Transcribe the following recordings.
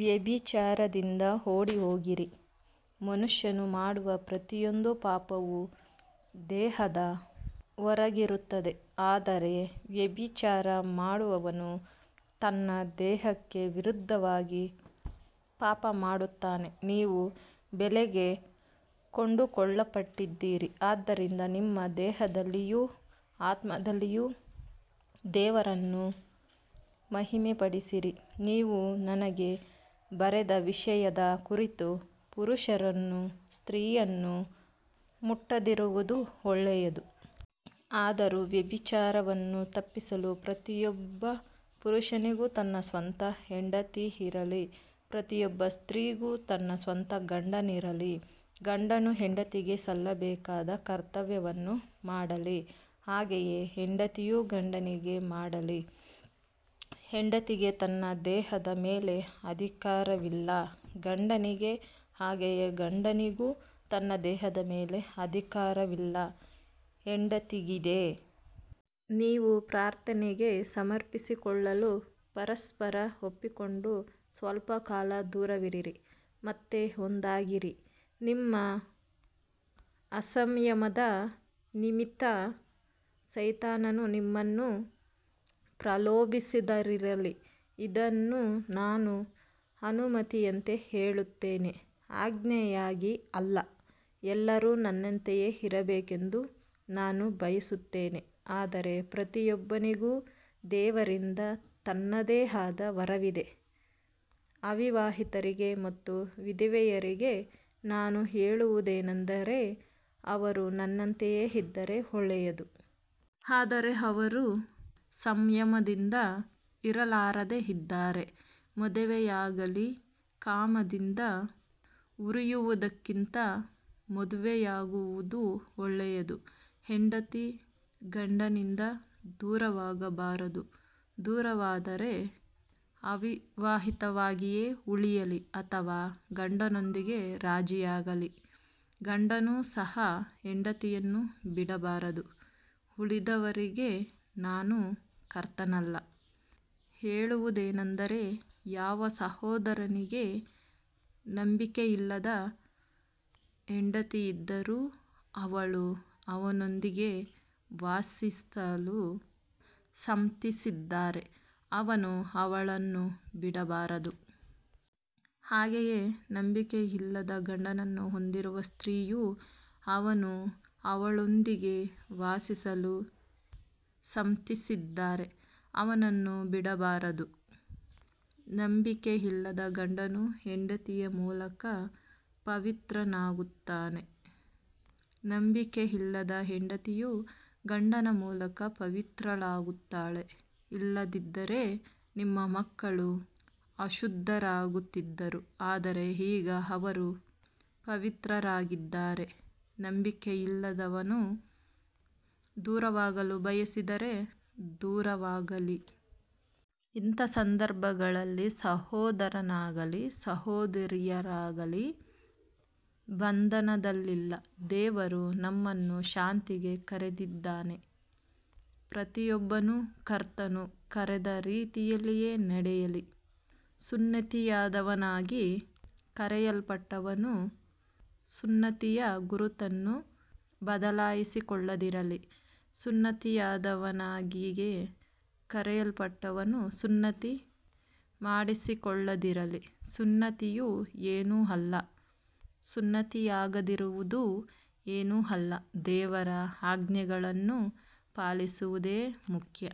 ವ್ಯಭಿಚಾರದಿಂದ ಓಡಿಹೋಗಿರಿ. ಮನುಷ್ಯನು ಮಾಡುವ ಪ್ರತಿಯೊಂದು ಪಾಪವೂ ದೇಹದ ಹೊರಗಿರುತ್ತದೆ, ಆದರೆ ವ್ಯಭಿಚಾರ ಮಾಡುವವನು ತನ್ನ ದೇಹಕ್ಕೆ ವಿರುದ್ಧವಾಗಿ ಪಾಪಮಾಡುತ್ತಾನೆ. ನೀವು ಬೆಲೆಗೆ ಕೊಂಡುಕೊಳ್ಳಲ್ಪಟ್ಟಿದ್ದೀರಿ, ಆದ್ದರಿಂದ ನಿಮ್ಮ ದೇಹದಲ್ಲಿಯೂ ಆತ್ಮದಲ್ಲಿಯೂ ದೇವರನ್ನು ಮಹಿಮೆಪಡಿಸಿರಿ. ನೀವು ನನಗೆ ಬರೆದ ವಿಷಯದ ಕುರಿತು, ಪುರುಷನು ಸ್ತ್ರೀಯನ್ನು ಮುಟ್ಟದಿರುವುದು ಒಳ್ಳೆಯದು. ಆದರೂ ವ್ಯಭಿಚಾರವನ್ನು ತಪ್ಪಿಸಲು ಪ್ರತಿಯೊಬ್ಬ ಪುರುಷನಿಗೂ ತನ್ನ ಸ್ವಂತ ಹೆಂಡತಿಯಿರಲಿ, ಪ್ರತಿಯೊಬ್ಬ ಸ್ತ್ರೀಗೂ ತನ್ನ ಸ್ವಂತ ಗಂಡನಿರಲಿ. ಗಂಡನು ಹೆಂಡತಿಗೆ ಸಲ್ಲಬೇಕಾದ ಕರ್ತವ್ಯವನ್ನು ಮಾಡಲಿ, ಹಾಗೆಯೇ ಹೆಂಡತಿಯೂ ಗಂಡನಿಗೆ ಮಾಡಲಿ. ಹೆಂಡತಿಗೆ ತನ್ನ ದೇಹದ ಮೇಲೆ ಅಧಿಕಾರವಿಲ್ಲ, ಗಂಡನಿಗಿದೆ, ಹಾಗೆಯೇ ಗಂಡನಿಗೂ ತನ್ನ ದೇಹದ ಮೇಲೆ ಅಧಿಕಾರವಿಲ್ಲ, ಹೆಂಡತಿಗಿದೆ. ನೀವು ಪ್ರಾರ್ಥನೆಗೆ ಸಮರ್ಪಿಸಿಕೊಳ್ಳಲು ಪರಸ್ಪರ ಒಪ್ಪಿಕೊಂಡು ಸ್ವಲ್ಪಕಾಲ ದೂರವಿರಿರಿ, ಮತ್ತೆ ಒಂದಾಗಿರಿ, ನಿಮ್ಮ ಅಸಂಯಮದ ನಿಮಿತ್ತ ಸೈತಾನನು ನಿಮ್ಮನ್ನು ಪ್ರಲೋಭಿಸದಿರಲಿ. ಇದನ್ನು ನಾನು ಅನುಮತಿಯಂತೆ ಹೇಳುತ್ತೇನೆ, ಆಜ್ಞೆಯಾಗಿ ಅಲ್ಲ. ಎಲ್ಲರೂ ನನ್ನಂತೆಯೇ ಇರಬೇಕೆಂದು ನಾನು ಬಯಸುತ್ತೇನೆ, ಆದರೆ ಪ್ರತಿಯೊಬ್ಬನಿಗೂ ದೇವರಿಂದ ತನ್ನದೇ ಆದ ವರವಿದೆ. ಅವಿವಾಹಿತರಿಗೆ ಮತ್ತು ವಿಧವೆಯರಿಗೆ ನಾನು ಹೇಳುವುದೇನೆಂದರೆ, ಅವರು ನನ್ನಂತೆಯೇ ಇದ್ದರೆ ಒಳ್ಳೆಯದು. ಆದರೆ ಅವರು ಸಂಯಮದಿಂದ ಇರಲಾರದೆ ಇದ್ದರೆ ಮದುವೆಯಾಗಲಿ, ಕಾಮದಿಂದ ಉರಿಯುವುದಕ್ಕಿಂತ ಮದುವೆಯಾಗುವುದು ಒಳ್ಳೆಯದು. ಹೆಂಡತಿ ಗಂಡನಿಂದ ದೂರವಾಗಬಾರದು, ದೂರವಾದರೆ ಅವಿವಾಹಿತಳಾಗಿಯೇ ಉಳಿಯಲಿ ಅಥವಾ ಗಂಡನೊಂದಿಗೆ ರಾಜಿಯಾಗಲಿ, ಗಂಡನು ಸಹ ಹೆಂಡತಿಯನ್ನು ಬಿಡಬಾರದು. ಉಳಿದವರಿಗೆ ನಾನು, ಕರ್ತನಲ್ಲ, ಹೇಳುವುದೇನೆಂದರೆ, ಯಾವ ಸಹೋದರನಿಗೆ ನಂಬಿಕೆಯಿಲ್ಲದ ಹೆಂಡತಿಯಿದ್ದರೂ ಅವಳು ಅವನೊಂದಿಗೆ ವಾಸಿಸಲು ಸಮ್ಮತಿಸಿದರೆ ಅವನು ಅವಳನ್ನು ಬಿಡಬಾರದು. ಹಾಗೆಯೇ ನಂಬಿಕೆಯಿಲ್ಲದ ಗಂಡನನ್ನು ಹೊಂದಿರುವ ಸ್ತ್ರೀಯು, ಅವನು ಅವಳೊಂದಿಗೆ ವಾಸಿಸಲು ಸಮ್ಮತಿಸಿದರೆ, ಅವನನ್ನು ಬಿಡಬಾರದು. ನಂಬಿಕೆಯಿಲ್ಲದ ಗಂಡನು ಹೆಂಡತಿಯ ಮೂಲಕ ಪವಿತ್ರನಾಗುತ್ತಾನೆ, ನಂಬಿಕೆಯಿಲ್ಲದ ಹೆಂಡತಿಯು ಗಂಡನ ಮೂಲಕ ಪವಿತ್ರಳಾಗುತ್ತಾಳೆ. ಇಲ್ಲದಿದ್ದರೆ ನಿಮ್ಮ ಮಕ್ಕಳು ಅಶುದ್ಧರಾಗುತ್ತಿದ್ದರು, ಆದರೆ ಈಗ ಅವರು ಪವಿತ್ರರಾಗಿದ್ದಾರೆ. ನಂಬಿಕೆಯಿಲ್ಲದವನು ದೂರವಾಗಲು ಬಯಸಿದರೆ ದೂರವಾಗಲಿ. ಇಂಥ ಸಂದರ್ಭಗಳಲ್ಲಿ ಸಹೋದರನಾಗಲಿ ಸಹೋದರಿಯಾಗಲಿ ಬಂಧನದಲ್ಲಿಲ್ಲ, ದೇವರು ನಮ್ಮನ್ನು ಶಾಂತಿಗೆ ಕರೆದಿದ್ದಾನೆ. ಪ್ರತಿಯೊಬ್ಬನು ಕರ್ತನು ಕರೆದ ರೀತಿಯಲ್ಲಿಯೇ ನಡೆಯಲಿ. ಸುನ್ನತಿಯಾದವನಾಗಿ ಕರೆಯಲ್ಪಟ್ಟವನು ಸುನ್ನತಿಯ ಗುರುತನ್ನು ಬದಲಿಸಿಕೊಳ್ಳದಿರಲಿ, ಸುನ್ನತಿಯಾಗದವನಾಗಿ ಕರೆಯಲ್ಪಟ್ಟವನು ಸುನ್ನತಿ ಮಾಡಿಸಿಕೊಳ್ಳದಿರಲಿ. ಸುನ್ನತಿಯು ಏನೂ ಅಲ್ಲ, ಸುನ್ನತಿಯಾಗದಿರುವುದೂ ಏನೂ ಅಲ್ಲ, ದೇವರ ಆಜ್ಞೆಗಳನ್ನು ಪಾಲಿಸುವುದೇ ಮುಖ್ಯ.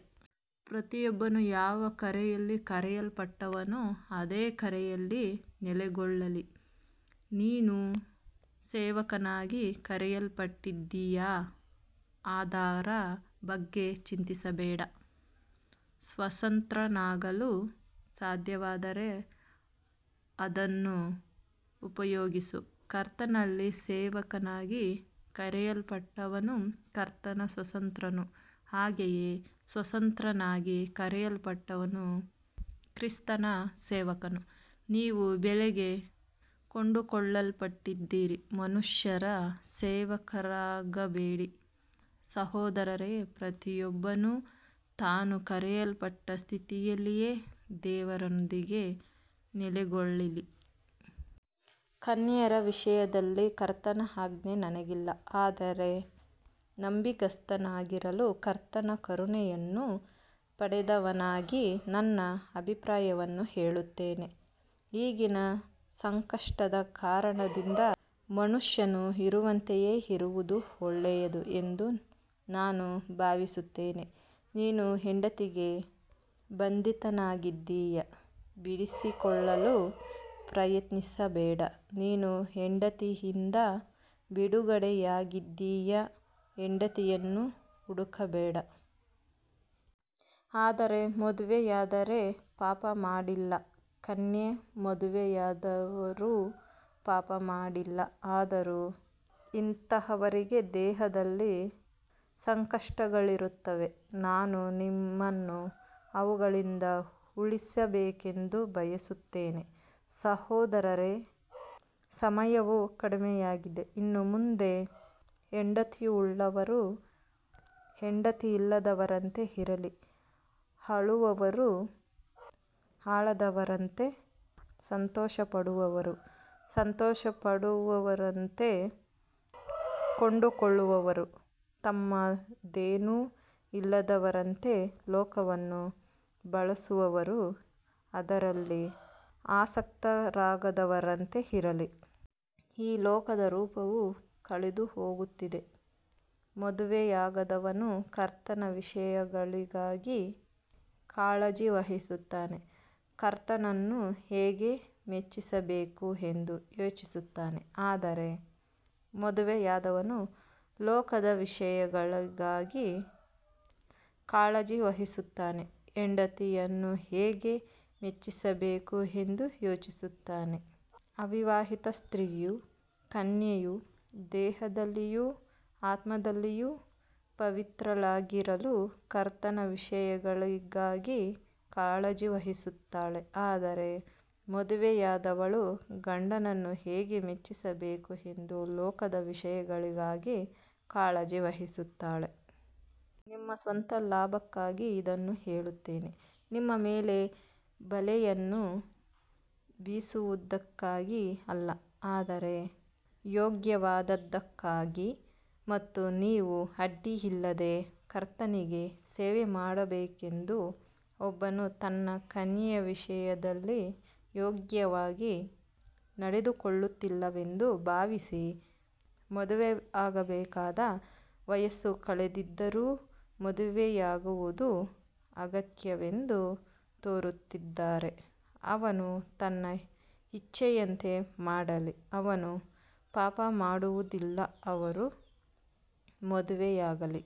ಪ್ರತಿಯೊಬ್ಬನು ಯಾವ ಕರೆಯಲ್ಲಿ ಕರೆಯಲ್ಪಟ್ಟನೋ ಅದೇ ಕರೆಯಲ್ಲಿ ನೆಲೆಗೊಳ್ಳಲಿ. ನೀನು ಸೇವಕನಾಗಿ ಕರೆಯಲ್ಪಟ್ಟಿದ್ದೀಯಾ, ಅದರ ಬಗ್ಗೆ ಚಿಂತಿಸಬೇಡ. ಸ್ವತಂತ್ರನಾಗಲು ಸಾಧ್ಯವಾದರೆ ಅದನ್ನು ಉಪಯೋಗಿಸು. ಕರ್ತನಲ್ಲಿ ಸೇವಕನಾಗಿ ಕರೆಯಲ್ಪಟ್ಟವನು ಕರ್ತನ ಸ್ವತಂತ್ರನು, ಹಾಗೆಯೇ ಸ್ವತಂತ್ರನಾಗಿ ಕರೆಯಲ್ಪಟ್ಟವನು ಕ್ರಿಸ್ತನ ಸೇವಕನು. ನೀವು ಬೆಲೆಗೆ ಕೊಂಡುಕೊಳ್ಳಲ್ಪಟ್ಟಿದ್ದೀರಿ, ಮನುಷ್ಯರ ಸೇವಕರಾಗಬೇಡಿ. ಸಹೋದರರೇ, ಪ್ರತಿಯೊಬ್ಬನು ತಾನು ಕರೆಯಲ್ಪಟ್ಟ ಸ್ಥಿತಿಯಲ್ಲಿಯೇ ದೇವರೊಂದಿಗೆ ನೆಲೆಗೊಳ್ಳಲಿ. ಕನ್ಯೆಯರ ವಿಷಯದಲ್ಲಿ ಕರ್ತನ ಆಜ್ಞೆ ನನಗಿಲ್ಲ, ಆದರೆ ನಂಬಿಗಸ್ತನಾಗಿರಲು ಕರ್ತನ ಕರುಣೆಯನ್ನು ಪಡೆದವನಾಗಿ ನನ್ನ ಅಭಿಪ್ರಾಯವನ್ನು ಹೇಳುತ್ತೇನೆ. ಈಗಿನ ಸಂಕಷ್ಟದ ಕಾರಣದಿಂದ ಮನುಷ್ಯನು ಇರುವಂತೆಯೇ ಇರುವುದು ಒಳ್ಳೆಯದು ಎಂದು ನಾನು ಭಾವಿಸುತ್ತೇನೆ. ನೀನು ಹೆಂಡತಿಗೆ ಬಂಧಿತನಾಗಿದ್ದೀಯಾ, ಬಿಡಿಸಿಕೊಳ್ಳಲು ಪ್ರಯತ್ನಿಸಬೇಡ. ನೀನು ಹೆಂಡತಿಯಿಂದ ಬಿಡುಗಡೆಯಾಗಿದ್ದೀಯಾ, ಹೆಂಡತಿಯನ್ನು ಹುಡುಕಬೇಡ. ಆದರೆ ಮದುವೆಯಾದರೆ ಪಾಪಮಾಡಿಲ್ಲ, ಕನ್ಯೆ ಮದುವೆಯಾದರೂ ಪಾಪಮಾಡಿಲ್ಲ. ಆದರೂ ಇಂಥವರಿಗೆ ದೇಹದಲ್ಲಿ ಸಂಕಟಗಳಿರುತ್ತವೆ, ನಾನು ನಿಮ್ಮನ್ನು ಅವುಗಳಿಂದ ಉಳಿಸಬೇಕೆಂದು ಬಯಸುತ್ತೇನೆ. ಸಹೋದರರೇ, ಸಮಯವು ಕಡಿಮೆಯಾಗಿದೆ. ಇನ್ನು ಮುಂದೆ ಹೆಂಡತಿಯುಳ್ಳವರು ಹೆಂಡತಿಯಿಲ್ಲದವರಂತೆ ಇರಲಿ, ಅಳುವವರು ಅಳದವರಂತೆ, ಸಂತೋಷಪಡುವವರು ಸಂತೋಷಪಡದವರಂತೆ, ಕೊಂಡುಕೊಳ್ಳುವವರು ತಮ್ಮದೇನೂ ಇಲ್ಲದವರಂತೆ, ಲೋಕವನ್ನು ಬಳಸುವವರು ಅದರಲ್ಲಿ ಆಸಕ್ತರಾಗದವರಂತೆ ಇರಲಿ. ಈ ಲೋಕದ ರೂಪವು ಕಳೆದುಹೋಗುತ್ತಿದೆ. ಮದುವೆಯಾಗದವನು ಕರ್ತನ ವಿಷಯಗಳಿಗಾಗಿ ಕಾಳಜಿವಹಿಸುತ್ತಾನೆ, ಕರ್ತನನ್ನು ಹೇಗೆ ಮೆಚ್ಚಿಸಬೇಕು ಎಂದು ಯೋಚಿಸುತ್ತಾನೆ. ಆದರೆ ಮದುವೆಯಾದವನು ಲೋಕದ ವಿಷಯಗಳಿಗಾಗಿ ಕಾಳಜಿವಹಿಸುತ್ತಾನೆ, ಹೆಂಡತಿಯನ್ನು ಹೇಗೆ ಮೆಚ್ಚಿಸಬೇಕು ಎಂದು ಯೋಚಿಸುತ್ತಾನೆ. ಅವಿವಾಹಿತ ಸ್ತ್ರೀಯೂ ಕನ್ಯೆಯೂ ದೇಹದಲ್ಲಿಯೂ ಆತ್ಮದಲ್ಲಿಯೂ ಪವಿತ್ರಳಾಗಿರಲು ಕರ್ತನ ವಿಷಯಗಳಿಗಾಗಿ ಕಾಳಜಿವಹಿಸುತ್ತಾಳೆ, ಆದರೆ ಮದುವೆಯಾದವಳು ಗಂಡನನ್ನು ಹೇಗೆ ಮೆಚ್ಚಿಸಬೇಕು ಎಂದು ಲೋಕದ ವಿಷಯಗಳಿಗಾಗಿ ಕಾಳಜಿವಹಿಸುತ್ತಾಳೆ. ನಿಮ್ಮ ಸ್ವಂತ ಲಾಭಕ್ಕಾಗಿ ಇದನ್ನು ಹೇಳುತ್ತೇನೆ, ನಿಮ್ಮ ಮೇಲೆ ಬಲೆಯನ್ನು ಬೀಸುವುದಕ್ಕಾಗಿ ಅಲ್ಲ, ಆದರೆ ಯೋಗ್ಯವಾದದ್ದಕ್ಕಾಗಿ ಮತ್ತು ನೀವು ಅಡ್ಡಿಯಿಲ್ಲದೆ ಕರ್ತನಿಗೆ ಸೇವೆಮಾಡಬೇಕೆಂದು. ಒಬ್ಬನು ತನ್ನ ಕನ್ಯೆಯ ವಿಷಯದಲ್ಲಿ ಯೋಗ್ಯವಾಗಿ ನಡೆದುಕೊಳ್ಳುತ್ತಿಲ್ಲವೆಂದು ಭಾವಿಸಿ, ಮದುವೆಯಾಗಬೇಕಾದ ವಯಸ್ಸು ಕಳೆದಿದ್ದರೂ ಮದುವೆಯಾಗುವುದು ಅಗತ್ಯವೆಂದು ತೋರುತ್ತಿದ್ದರೆ, ಅವನು ತನ್ನ ಇಚ್ಛೆಯಂತೆ ಮಾಡಲಿ, ಅವನು ಪಾಪಮಾಡುವುದಿಲ್ಲ, ಅವರು ಮದುವೆಯಾಗಲಿ.